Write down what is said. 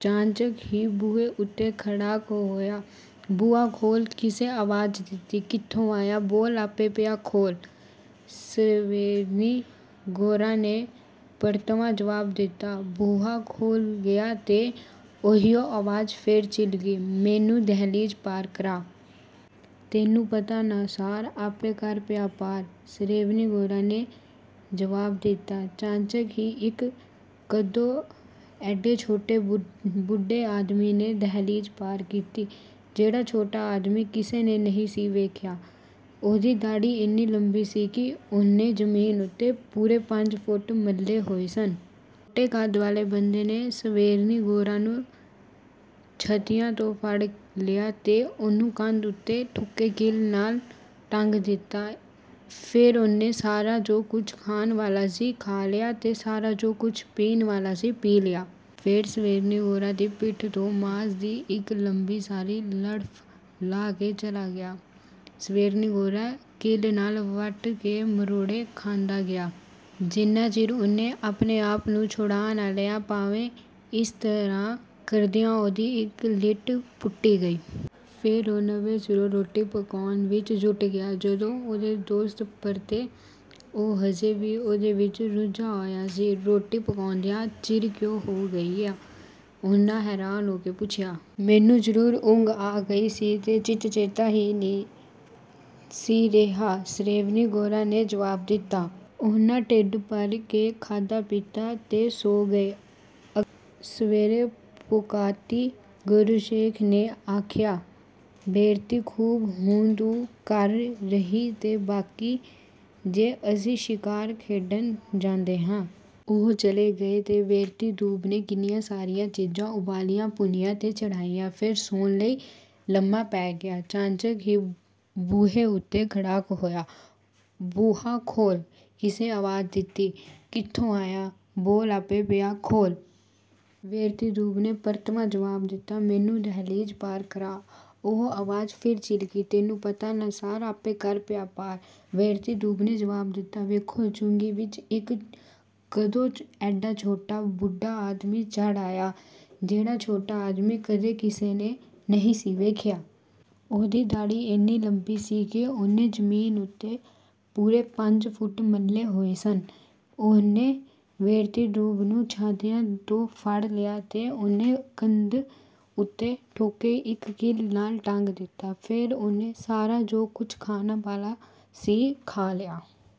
ਚਾਣਚੱਕ ਹੀ ਬੂਹੇ ਉੱਤੇ ਖੜਾਕ ਹੋਇਆ। “ਬੂਹਾ ਖੋਲ੍ਹ!” ਕਿਸੇ ਆਵਾਜ਼ ਦਿੱਤੀ। “ਕਿੱਥੋਂ ਆਇਆਂ? ਬੋਲ, ਆਪੇ ਪਿਆ ਖੋਲ੍ਹ!” ਸਵੇਰਨੀ-ਗੋਰਾ ਨੇ ਪਰਤਵਾਂ ਜਵਾਬ ਦਿੱਤਾ। ਬੂਹਾ ਖੁੱਲ੍ਹ ਗਿਆ ਤੇ ਉਹੀਓ ਆਵਾਜ਼ ਫਿਰ ਚਿਲਕੀ, “ਮੈਨੂੰ ਦਹਿਲੀਜ਼ ਪਾਰ ਕਰਾ!” “ਤੈਨੂੰ ਪਤਾ ਨਾ ਸਾਰ, ਆਪੇ ਕਰ ਪਿਆ ਪਾਰ!” ਸਵੇਰਨੀ-ਗੋਰਾ ਨੇ ਜਵਾਬ ਦਿੱਤਾ। ਚਾਣਚੱਕ ਹੀ ਇੱਕ ਕੱਦੋਂ ਐਡੇ ਛੋਟੇ ਬੁੱਢੇ ਆਦਮੀ ਨੇ ਦਹਿਲੀਜ਼ ਪਾਰ ਕੀਤੀ, ਜਿੱਡਾ ਛੋਟਾ ਆਦਮੀ ਕਿਸੇ ਨੇ ਨਹੀਂ ਸੀ ਵੇਖਿਆ। ਉਹਦੀ ਦਾੜ੍ਹੀ ਐਨੀ ਲੰਮੀ ਸੀ ਕਿ ਉਹਨੇ ਜ਼ਮੀਨ ਉੱਤੇ ਪੂਰੇ ਪੰਜ ਫੁੱਟ ਮੱਲੇ ਹੋਏ ਸਨ। ਛੋਟੇ ਕੱਦ ਵਾਲੇ ਬੰਦੇ ਨੇ ਸਵੇਰਨੀ-ਗੋਰਾ ਨੂੰ ਛੱਤੀਆਂ ਤੋਂ ਫੜ ਲਿਆ ਤੇ ਉਹਨੂੰ ਕੰਧ ਉੱਤੇ ਠੁਕੇ ਇੱਕ ਕਿੱਲ ਨਾਲ ਟੰਗ ਦਿੱਤਾ। ਫਿਰ ਉਹਨੇ ਸਾਰਾ ਜੋ ਕੁਝ ਖਾਣ ਵਾਲਾ ਸੀ, ਖਾ ਲਿਆ ਤੇ ਸਾਰਾ ਜੋ ਕੁਝ ਪੀਣ ਵਾਲਾ ਸੀ, ਪੀ ਲਿਆ। ਫਿਰ ਸਵੇਰਨੀ-ਗੋਰਾ ਦੀ ਪਿੱਠ ਤੋਂ ਮਾਸ ਦੀ ਇੱਕ ਲੰਮੀ ਸਾਰੀ ਲੜਫ਼ ਲਾਹ ਕੇ ਚਲਾ ਗਿਆ। ਸਵੇਰਨੀ-ਗੋਰਾ ਕਿੱਲ ਨਾਲ ਵੱਟ ਤੇ ਮਰੋੜੇ ਖਾਂਦਾ ਗਿਆ, ਜਿੰਨਾ ਚਿਰ ਉਹਨੇ ਆਪਣੇ ਆਪ ਨੂੰ ਛੁਡਾ ਨਾ ਲਿਆ, ਭਾਵੇਂ ਇਸ ਤਰ੍ਹਾਂ ਕਰਦਿਆਂ ਉਹਦੀ ਇੱਕ ਲਿੱਟ ਪੁੱਟੀ ਗਈ। ਫਿਰ ਉਹ ਨਵੇਂ ਸਿਰੋਂ ਰੋਟੀ ਪਕਾਉਣ ਵਿੱਚ ਜੁੱਟ ਗਿਆ। ਜਦੋਂ ਉਹਦੇ ਦੋਸਤ ਪਰਤੇ, ਉਹ ਅਜੇ ਵੀ ਉਹਦੇ ਵਿੱਚ ਰੁੱਝਾ ਹੋਇਆ ਸੀ। “ਰੋਟੀ ਪਕਾਉਂਦਿਆਂ ਚਿਰ ਕਿਉਂ ਹੋ ਗਈ ਆ?” ਉਹਨਾਂ ਹੈਰਾਨ ਹੋ ਕੇ ਪੁੱਛਿਆ। “ਮੈਨੂੰ ਜ਼ਰੂਰ ਉਂਘ ਆ ਗਈ ਸੀ ਤੇ ਚਿੱਤ-ਚੇਤਾ ਹੀ ਨਹੀਂ ਸੀ ਰਿਹਾ,” ਸਵੇਰਨੀ-ਗੋਰਾ ਨੇ ਜਵਾਬ ਦਿੱਤਾ। ਉਹਨਾਂ ਢਿੱਡ ਭਰ ਕੇ ਖਾਧਾ-ਪੀਤਾ ਤੇ ਸੌਂ ਗਏ। ਅਗਲੀ ਸਵੇਰੇ ਪੋਕਾਤੀ-ਗੋਰੋਸ਼ੇਕ ਨੇ ਆਖਿਆ, “ਵੇਰਤੀ-ਦੂਬ, ਹੁਣ ਤੂੰ ਘਰ ਰਹੀਂ ਤੇ ਬਾਕੀ ਦੇ ਅਸੀਂ ਸ਼ਿਕਾਰ ਖੇਡਣ ਜਾਂਦੇ ਹਾਂ।” ਉਹ ਚਲੇ ਗਏ ਤੇ ਵੇਰਤੀ-ਦੂਬ ਨੇ ਕਿੰਨੀਆਂ ਸਾਰੀਆਂ ਚੀਜ਼ਾਂ ਉਬਾਲੀਆਂ, ਭੁੰਨੀਆਂ ਤੇ ਚਾੜ੍ਹੀਆਂ। ਫਿਰ ਸੌਣ ਲਈ ਲੰਮਾ ਪੈ ਗਿਆ। ਚਾਣਚੱਕ ਹੀ ਬੂਹੇ ਉੱਤੇ ਖੜਾਕ ਹੋਇਆ। “ਬੂਹਾ ਖੋਲ੍ਹ!” ਕਿਸੇ ਆਵਾਜ਼ ਦਿੱਤੀ। “ਕਿੱਥੋਂ ਆਇਆਂ? ਬੋਲ, ਆਪੇ ਪਿਆ ਖੋਲ੍ਹ!” ਵੇਰਤੀ-ਦੂਬ ਨੇ ਪਰਤਵਾਂ ਜਵਾਬ ਦਿੱਤਾ। “ਮੈਨੂੰ ਦਹਿਲੀਜ਼ ਪਾਰ ਕਰਾ!” ਉਹੀਓ ਆਵਾਜ਼ ਫਿਰ ਚਿਲਕੀ। “ਤੈਨੂੰ ਪਤਾ ਨਾ ਸਾਰ, ਆਪੇ ਕਰ ਪਿਆ ਪਾਰ!” ਵੇਰਤੀ-ਦੂਬ ਨੇ ਜਵਾਬ ਦਿੱਤਾ। ਵੇਖੋ! ਝੁੱਗੀ ਵਿੱਚ ਇੱਕ ਕੱਦੋਂ ਐਡਾ ਛੋਟਾ ਬੁੱਢਾ ਆਦਮੀ ਚੜ੍ਹ ਆਇਆ, ਜਿੱਡਾ ਛੋਟਾ ਆਦਮੀ ਕਦੇ ਕਿਸੇ ਨੇ ਨਹੀਂ ਸੀ ਵੇਖਿਆ। ਉਹਦੀ ਦਾੜ੍ਹੀ ਐਨੀ ਲੰਮੀ ਸੀ ਕਿ ਉਹਨੇ ਜ਼ਮੀਨ ਉੱਤੇ ਪੂਰੇ ਪੰਜ ਫੁੱਟ ਮੱਲੇ ਹੋਏ ਸਨ। ਉਹਨੇ ਵੇਰਤੀ-ਦੂਬ ਨੂੰ ਛਾਤੀਆਂ ਤੋਂ ਫੜ ਲਿਆ ਤੇ ਉਹਨੂੰ ਕੰਧ ਉੱਤੇ ਠੁਕੇ ਇੱਕ ਕਿੱਲ ਨਾਲ ਟੰਗ ਦਿੱਤਾ। ਫਿਰ ਉਹਨੇ ਸਾਰਾ ਜੋ ਕੁਝ ਖਾਣ ਵਾਲਾ ਸੀ, ਖਾ ਲਿਆ।